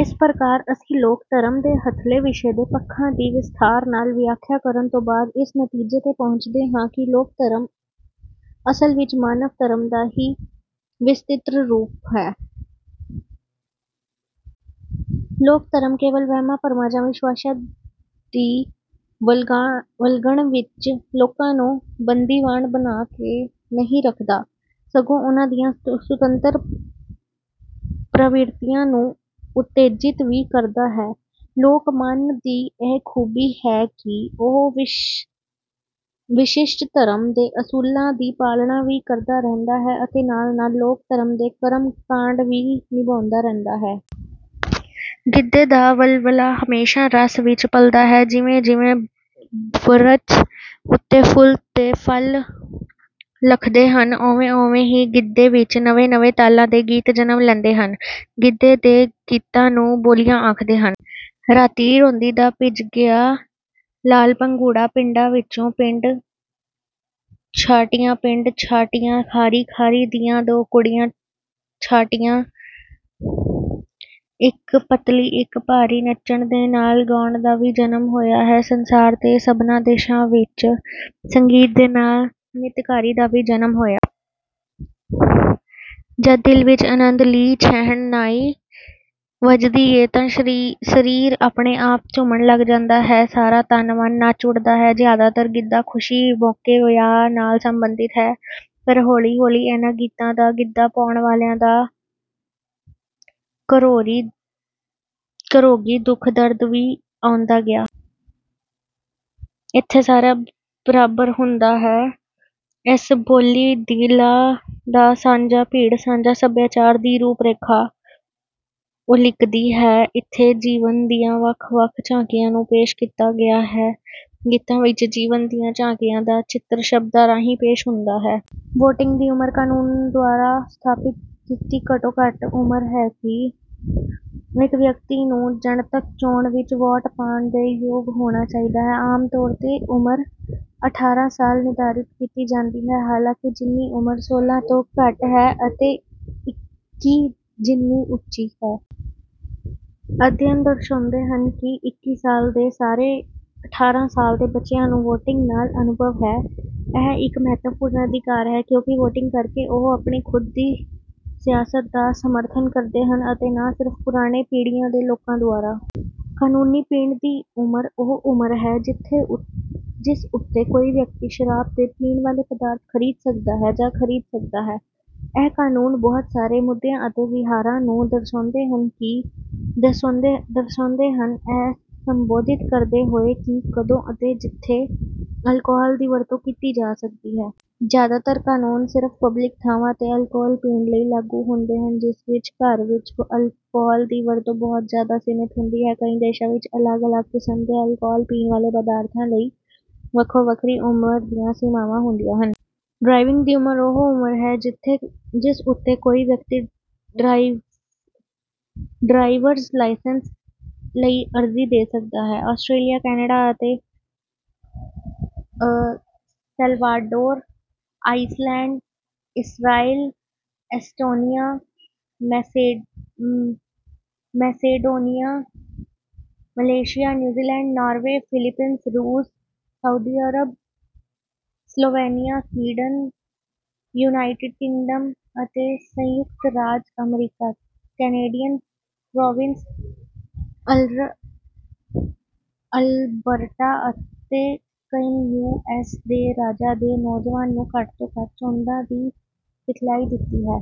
ਇਸ ਪ੍ਰਕਾਰ ਅਸੀਂ ਲੋਕ ਧਰਮ ਦੇ ਹੱਥਲੇ ਵਿਸ਼ੇ ਦੇ ਪੱਖਾਂ ਦੀ ਵਿਸਥਾਰ ਨਾਲ ਵਿਆਖਿਆ ਕਰਨ ਤੋਂ ਬਾਅਦ ਇਸ ਨਤੀਜੇ ਤੇ ਪਹੁੰਚਦੇ ਹਾਂ ਕਿ ਲੋਕ ਧਰਮ ਅਸਲ ਵਿੱਚ ਮਾਨਵ ਧਰਮ ਦਾ ਹੀ ਵਿਸਤ੍ਰਿਤ ਰੂਪ ਹੈ। ਲੋਕ ਧਰਮ ਕੇਵਲ ਵਹਿਮਾਂ ਭਰਮਾਂ ਜਾਂ ਵਿਸ਼ਵਾਸਾਂ ਦੀ ਵਲਗਣ ਵਿੱਚ ਲੋਕਾਂ ਨੂੰ ਬੰਦੀਵਾਨ ਬਣਾ ਕੇ ਨਹੀਂ ਰੱਖਦਾ ਸਗੋਂ ਉਨ੍ਹਾਂ ਦੀਆਂ ਸੁਤੰਤਰ ਪ੍ਰਵਿਰਤੀਆਂ ਨੂੰ ਉਤੇਜਿਤ ਵੀ ਕਰਦਾ ਹੈ। ਲੋਕ ਮਨ ਦੀ ਇਹ ਖੂਬੀ ਹੈ ਕਿ ਉਹ ਵਿਸ਼ਿਸ਼ਟ ਧਰਮ ਦੇ ਅਸੂਲਾਂ ਦੀ ਪਾਲਣਾ ਵੀ ਕਰਦਾ ਰਹਿੰਦਾ ਹੈ ਅਤੇ ਨਾਲ ਨਾਲ ਲੋਕ ਧਰਮ ਦੇ ਕਰਮ ਕਾਂਡ ਵੀ ਨਿਭਾਉਂਦਾ ਰਹਿੰਦਾ ਹੈ। ਗਿੱਧੇ ਦਾ ਵਲਵਲਾ ਹਮੇਸ਼ਾ ਰਸ ਵਿੱਚ ਪਲਦਾ ਹੈ। ਜਿਵੇਂ ਜਿਵੇਂ ਬਰਛ ਉੱਤੇ ਫੁੱਲ ਤੇ ਫਲ ਲੱਖਦੇ ਹਨ ਉਵੇਂ ਉਵੇਂ ਹੀ ਗਿੱਧੇ ਵਿੱਚ ਨਵੇਂ ਨਵੇਂ ਤਾਲਾਂ ਦੇ ਗੀਤ ਜਨਮ ਲੈਂਦੇ ਹਨ। ਗਿੱਧੇ ਦੇ ਗੀਤਾਂ ਨੂੰ ਬੋਲੀਆਂ ਆਖਦੇ ਹਨ। ਰਾਤੀਂ ਰੋਂਦੀ ਦਾ ਭਿੱਜ ਗਿਆ ਲਾਲ ਪੰਗੂੜਾ। ਪਿੰਡਾਂ ਵਿੱਚੋਂ ਪਿੰਡ ਛਾਟਿਆਂ ਪਿੰਡ ਛਾਟਿਆਂ ਖਾਰੀ ਖਾਰੀ ਦੀਆਂ ਦੋ ਕੁੜੀਆਂ ਛਾਟੀਆਂ ਇੱਕ ਪੱਤਲੀ ਇੱਕ ਭਾਰੀ। ਨੱਚਣ ਦੇ ਨਾਲ ਗਾਉਣ ਦਾ ਵੀ ਜਨਮ ਹੋਇਆ ਹੈ। ਸੰਸਾਰ ਦੇ ਸਭਨਾ ਦੇਸ਼ਾਂ ਵਿੱਚ ਸੰਗੀਤ ਦੇ ਨਾਲ ਨਿਤਕਾਰੀ ਦਾ ਵੀ ਜਨਮ ਹੋਇਆ। ਜਦ ਦਿਲ ਵਿੱਚ ਆਨੰਦ ਲੀ ਛਹਿਣਾਈ ਵੱਜਦੀ ਏ ਤਾਂ ਸਰੀਰ ਆਪਣੇ ਆਪ ਝੂਮਣ ਲੱਗ ਜਾਂਦਾ ਹੈ। ਸਾਰਾ ਤਨ ਮਨ ਨੱਚ ਉਠਦਾ ਹੈ। ਜਿਆਦਾਤਰ ਗਿੱਧਾ ਖੁਸ਼ੀ ਮੋਕੇ ਵਿਆਹ ਨਾਲ ਸਬੰਧਤ ਹੈ। ਪਰ ਹੋਲੀ ਹੋਲੀ ਇਹਨਾਂ ਗੀਤਾਂ ਵਿੱਚ ਗਿੱਧਾ ਪਾਉਣ ਵਾਲਿਆਂ ਦਾ ਘਰੋਗੀ ਦੁੱਖ ਦਰਦ ਵੀ ਆਉਂਦਾ ਗਿਆ। ਇੱਥੇ ਸਾਰੇ ਬਰਾਬਰ ਹੁੰਦਾ ਹਨ। ਇਸ ਬੋਲੀ ਦਿਲਾਂ ਦਾ ਸਾਂਝਾ ਪਿੜ ਸਾਂਝਾ ਸਭਿਆਚਾਰ ਦੀ ਰੂਪ ਰੇਖਾ ਉਲੀਕਦੀ ਹੈ। ਇੱਥੇ ਜੀਵਨ ਦੀਆਂ ਵੱਖ ਵੱਖ ਝਾਕੀਆਂ ਨੂੰ ਪੇਸ਼ ਕੀਤਾ ਗਿਆ ਹੈ। ਗੀਤਾਂ ਵਿੱਚ ਜੀਵਨ ਦੀਆਂ ਝਾਕੀਆਂ ਦਾ ਚਿੱਤਰ ਸ਼ਬਦਾਂ ਰਾਹੀਂ ਪੇਸ਼ ਹੁੰਦਾ ਹੈ। ਵੋਟਿੰਗ ਦੀ ਉਮਰ ਕਾਨੂੰਨ ਦੁਆਰਾ ਸਥਾਪਿਤ ਕੀਤੀ ਘੱਟੋ ਘੱਟ ਉਮਰ ਹੈ ਕਿ ਇੱਕ ਵਿਅਕਤੀ ਨੂੰ ਜਨਤਕ ਚੋਣ ਵਿੱਚ ਵੋਟ ਪਾਉਣ ਦੇ ਯੋਗ ਹੋਣਾ ਚਾਹੀਦਾ ਹੈ। ਆਮ ਤੌਰ ਤੇ ਉਮਰ ਅਠਾਰਾਂ ਸਾਲ ਨਿਰਧਾਰਤ ਕੀਤੀ ਜਾਂਦੀ ਹੈ ਹਾਲਾਂਕਿ ਜਿੰਨੀ ਉਮਰ ਸੋਲਾਂ ਸਾਲ ਤੋਂ ਘੱਟ ਹੈ ਅਤੇ ਇਕੀ ਜਿੰਨੀ ਉੱਚੀ ਹੈ। ਅਧਿਐਨ ਦਰਸਾਉਂਦੇ ਹਨ ਕਿ ਇਕੀ ਸਾਲ ਦੇ ਸਾਰੇ ਅਠਾਰਾਂ ਸਾਲ ਦੇ ਬੱਚਿਆਂ ਨੂੰ ਵੋਟਿੰਗ ਨਾਲ ਅਨੁਭਵ ਹੈ। ਇਹ ਇੱਕ ਮਹੱਤਵਪੂਰਨ ਅਧਿਕਾਰ ਹੈ ਕਿਉਂਕਿ ਵੋਟਿੰਗ ਕਰਕੇ ਉਹ ਆਪਣੀ ਖੁਦ ਦੀ ਸਿਆਸਤ ਦਾ ਸਮਰਥਨ ਕਰਦੇ ਹਨ ਅਤੇ ਨਾ ਸਿਰਫ ਪੁਰਾਣੇ ਪੀੜ੍ਹੀਆਂ ਦੇ ਲੋਕਾਂ ਦੁਆਰਾ। ਕਾਨੂੰਨੀ ਪੀਣ ਦੀ ਉਮਰ ਉਹ ਉਮਰ ਹੈ ਜਿਸ ਉੱਤੇ ਕੋਈ ਵਿਅਕਤੀ ਸ਼ਰਾਬ ਦੇ ਪੀਣ ਵਾਲੇ ਪਦਾਰਥ ਖਰੀਦ ਸਕਦਾ ਹੈ ਜਾਂ ਖਰੀਦ ਸਕਦਾ ਹੈ। ਇਹ ਕਾਨੂੰਨ ਬਹੁਤ ਸਾਰੇ ਮੁੱਦਿਆਂ ਅਤੇ ਵਿਹਾਰਾਂ ਨੂੰ ਦਰਸਾਉਂਦੇ ਹਨ ਇਹ ਸੰਬੋਧਿਤ ਕਰਦੇ ਹੋਏ ਕਿ ਕਦੋਂ ਅਤੇ ਜਿੱਥੇ ਅਲਕੋਹਲ ਦੀ ਵਰਤੋਂ ਕੀਤੀ ਜਾ ਸਕਦੀ ਹੈ। ਜ਼ਿਆਦਾਤਰ ਕਾਨੂੰਨ ਸਿਰਫ ਪਬਲਿਕ ਥਾਵਾਂ ਤੇ ਅਲਕੋਹਲ ਪੀਣ ਲਈ ਲਾਗੂ ਹੁੰਦੇ ਹਨ ਜਿਸ ਵਿੱਚ ਘਰ ਵਿੱਚ ਅਲਕੋਹਲ ਦੀ ਵਰਤੋਂ ਬਹੁਤ ਜ਼ਿਆਦਾ ਸੀਮਿਤ ਹੁੰਦੀ ਹੈ। ਕਈ ਦੇਸ਼ਾਂ ਵਿੱਚ ਅਲੱਗ ਅਲੱਗ ਕਿਸਮ ਦੇ ਅਲਕੋਹਲ ਪੀਣ ਵਾਲੇ ਪਦਾਰਥਾਂ ਲਈ ਵੱਖੋ ਵੱਖਰੀ ਉਮਰ ਦੀਆਂ ਸੀਮਾਵਾਂ ਹੁੰਦੀਆਂ ਹਨ। ਡਰਾਈਵਿੰਗ ਦੀ ਉਮਰ ਉਹ ਉਮਰ ਹੈ ਜਿਸ ਉੱਤੇ ਕੋਈ ਵਿਅਕਤੀ ਡਰਾਈਵ ਡਰਾਈਵਰਜ਼ ਲਾਇਸੈਂਸ ਲਈ ਅਰਜ਼ੀ ਦੇ ਸਕਦਾ ਹੈ। Australia Canada El Salvador Iceland Israel Estonia Macedonia Malaysia New Zealand Norway Philippines ਰੂਸ Saudi Arab Slovenia Sweden United Kingdom ਅਤੇ ਸੰਯੁਕਤ ਰਾਜ ਅਮਰੀਕਾ। ਕੈਨੇਡੀਅਨ ਪ੍ਰੋਵਿੰਸ ਅਲਬਰਟਾ ਅਤੇ ਕਈ ਯੂ ਐਸ ਦੇ ਰਾਜਾਂ ਨੇ ਨੌਜਵਾਨਾਂ ਨੂੰ ਘੱਟ ਤੋਂ ਘੱਟ ਚੌਦਾਂ ਦੀ ਸਿਖਲਾਈ ਦਿੱਤੀ ਹੈ।